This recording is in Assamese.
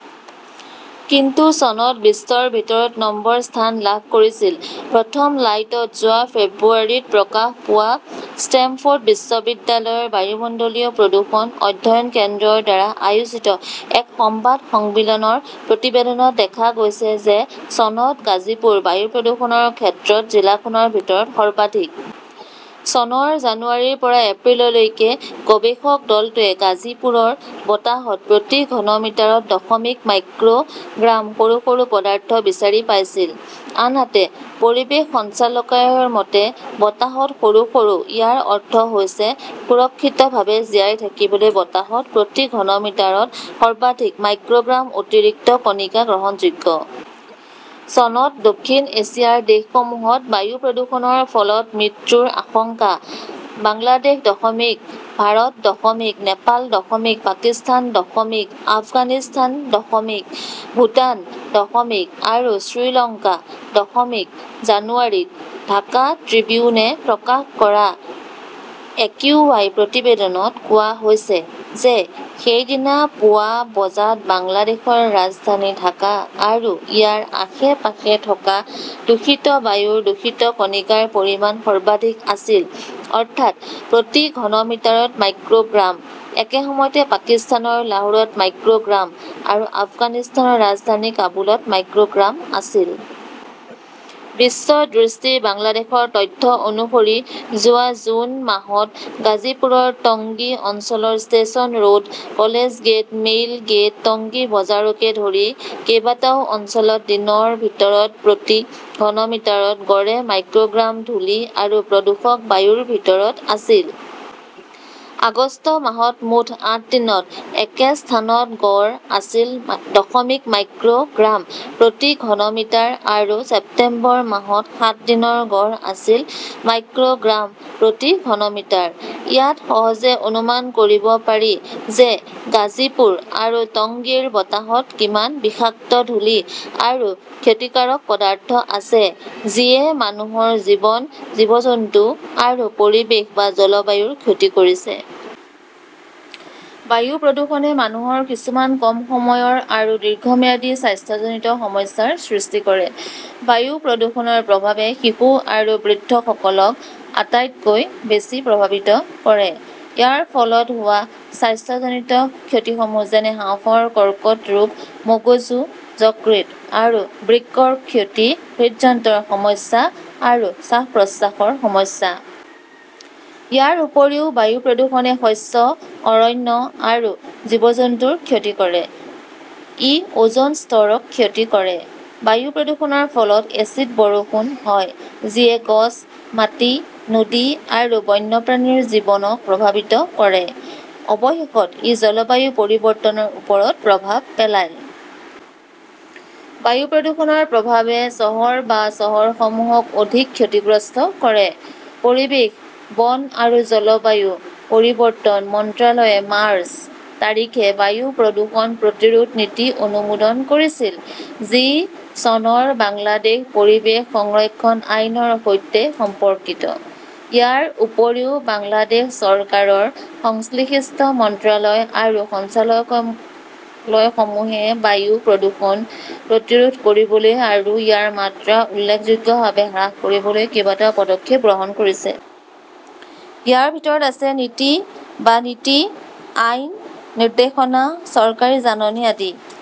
কিন্তু চনত বিশ্বৰ ভিতৰত নম্বৰ স্থান লাভ কৰিছিল। প্ৰথম লাইটত যোৱা ফেব্ৰুৱাৰীত প্ৰকাশ পোৱা ষ্টেমফৰ্ড বিশ্ববিদ্যালয়ৰ বায়ুমণ্ডলীয় প্ৰদূষণ অধ্যয়ন কেন্দ্ৰ ৰ দ্বাৰা আয়োজিত এক সংবাদ সন্মিলনৰ প্ৰতিবেদনত দেখা গৈছে যে চনত গাজিপুৰ বায়ু প্ৰদূষণৰ ক্ষেত্ৰত জিলাখনৰ ভিতৰত সৰ্বাধিক। চনৰ জানুৱাৰীৰ পৰা এপ্ৰিললৈকে গৱেষক দলটোৱে গাজীপুৰৰ বতাহত প্ৰতি ঘনমিটাৰত দশমিক মাইক্ৰ'গ্ৰাম সৰু সৰু পদাৰ্থ বিচাৰি পাইছিল; আনহাতে পৰিৱেশ সঞ্চালকালয়ৰ মতে, বতাহত সৰু সৰু ইয়াৰ অৰ্থ হৈছে সুৰক্ষিতভাৱে জীয়াই থাকিবলৈ বতাহত প্ৰতি ঘনমিটাৰত সৰ্বাধিক মাইক্ৰ'গ্ৰাম অতিৰিক্ত কণিকা গ্ৰহণযোগ্য। চনত দক্ষিণ এছিয়াৰ দেশসমূহত বায়ু প্ৰদূষণৰ ফলত হোৱা মৃত্যুৰ আশংকা: বাংলাদেশ দশমিক, ভাৰত দশমিক, নেপাল দশমিক, পাকিস্তান দশমিক, আফগানিস্তান দশমিক, ভূটান দশমিক আৰু শ্ৰীলংকা দশমিক জানুৱাৰীত ঢাকা ট্ৰিবিউনে প্ৰকাশ কৰা একিউআই প্ৰতিবেদনত কোৱা হৈছে যে সেইদিনা পুৱা বজাত বাংলাদেশৰ ৰাজধানী ঢাকা আৰু ইয়াৰ আশে-পাশে থকা বায়ুৰ দূষিত কণিকাৰ পৰিমাণ সৰ্বাধিক আছিল, অৰ্থাৎ প্ৰতি ঘন মিটাৰত মাইক্ৰ'গ্ৰাম; একে সময়তে পাকিস্তানৰ লাহোৰত মাইক্ৰ'গ্ৰাম আৰু আফগানিস্তানৰ ৰাজধানী কাবুলত মাইক্ৰ'গ্ৰাম আছিল। বিশ্ব দৃষ্টি বাংলাদেশৰ তথ্য অনুসৰি যোৱা জুন মাহত গাজীপুৰৰ টংগী অঞ্চলৰ station road, college gate, mail gate, Tongi বজাৰকে ধৰি কেইবাটাও অঞ্চলত দিনৰ ভিতৰত প্ৰতি ঘনমিটাৰত গড়ে মাইক্ৰ’গ্ৰাম ধুলি আৰু প্ৰদূষক বায়ুৰ ভিতৰত আছিল। আগষ্ট মাহত মুঠ আঠ দিনত একে স্থানত গড় আছিল দশমিক মাইক্ৰ "গ্ৰাম প্ৰতি ঘনমিটাৰ আৰু ছেপ্টেম্বৰ মাহত সাত দিনৰ গড় আছিল মাইক্ৰ’গ্ৰাম প্ৰতি ঘনমিটাৰ। ইয়াত সহজে অনুমান কৰিব পাৰি যে গাজীপুৰ আৰু টংগীৰ বতাহত কিমান বিষাক্ত ধূলি আৰু ক্ষতিকাৰক পদাৰ্থ আছে যিয়ে মানুহৰ জীৱন, জীৱ-জন্তু আৰু পৰিৱেশ বা জলবায়ুৰ ক্ষতি কৰিছে। বায়ু প্ৰদূষণে মানুহৰ কিছুমান কম সময়ৰ আৰু দীৰ্ঘম্যাদী স্বাস্থ্যজনিত সমস্যাৰ সৃষ্টি কৰে। বায়ু প্ৰদূষণৰ প্ৰভাৱে শিশু আৰু বৃদ্ধসকলক আটাইতকৈ বেছি প্ৰভাৱিত কৰে। ইয়াৰ ফলত হোৱা স্বাস্থ্যজনিত ক্ষতিসমূহ হ’ল হাঁওফাঁওৰ কৰ্কট ৰোগ, মগজু, যকৃত আৰু বৃক্কৰ ক্ষতি, হৃদযন্ত্ৰৰ সমস্যা আৰু শ্বাস-প্ৰশ্বাসৰ সমস্যা। ইয়াৰ উপৰিও বায়ু প্ৰদূষণে শস্য, অৰণ্য আৰু জীৱ-জন্তুৰ ক্ষতি কৰে। ই অ’জন স্তৰক ক্ষতি কৰে। বায়ু প্ৰদূষণৰ ফলত এচিড বৰষুণ হয়; যিয়ে গছ, মাটি, নদী আৰু বন্যপ্ৰাণীৰ জীৱনক প্ৰভাৱিত কৰে। অৱশেষত ই জলবায়ু পৰিৱৰ্তনৰ ওপৰত প্ৰভাৱ পেলায়। বায়ু প্ৰদূষণৰ প্ৰভাৱে চহৰ বা চহৰসমূহক অধিক ক্ষতিগ্ৰস্ত কৰে। পৰিৱেশ, বন আৰু জলবায়ু পৰিৱৰ্তন মন্ত্ৰালয়ে মাৰ্চ, তাৰিখে বায়ু প্ৰদূষণ প্ৰতিৰোধ নীতি অনুমোদন কৰিছিল, যি চনৰ বাংলাদেশ পৰিৱেশ সংৰক্ষণ আইনৰ সৈতে সম্পৰ্কিত। ইয়াৰ উপৰিও বাংলাদেশ চৰকাৰৰ সংশ্লিষ্ট মন্ত্ৰালয় আৰু সঞ্চালকালয়সমূহে বায়ু প্ৰদূষণ প্ৰতিৰোধ কৰিবলৈ আৰু ইয়াৰ মাত্ৰা উল্লেখযোগ্যভাৱে হ্ৰাস কৰিবলৈ কেইবাটাও পদক্ষেপ গ্ৰহণ কৰিছে। ইয়াৰ ভিতৰত আছে নীতি বা নীতি, আইন, নিৰ্দেশনা, চৰকাৰী জাননী আদি।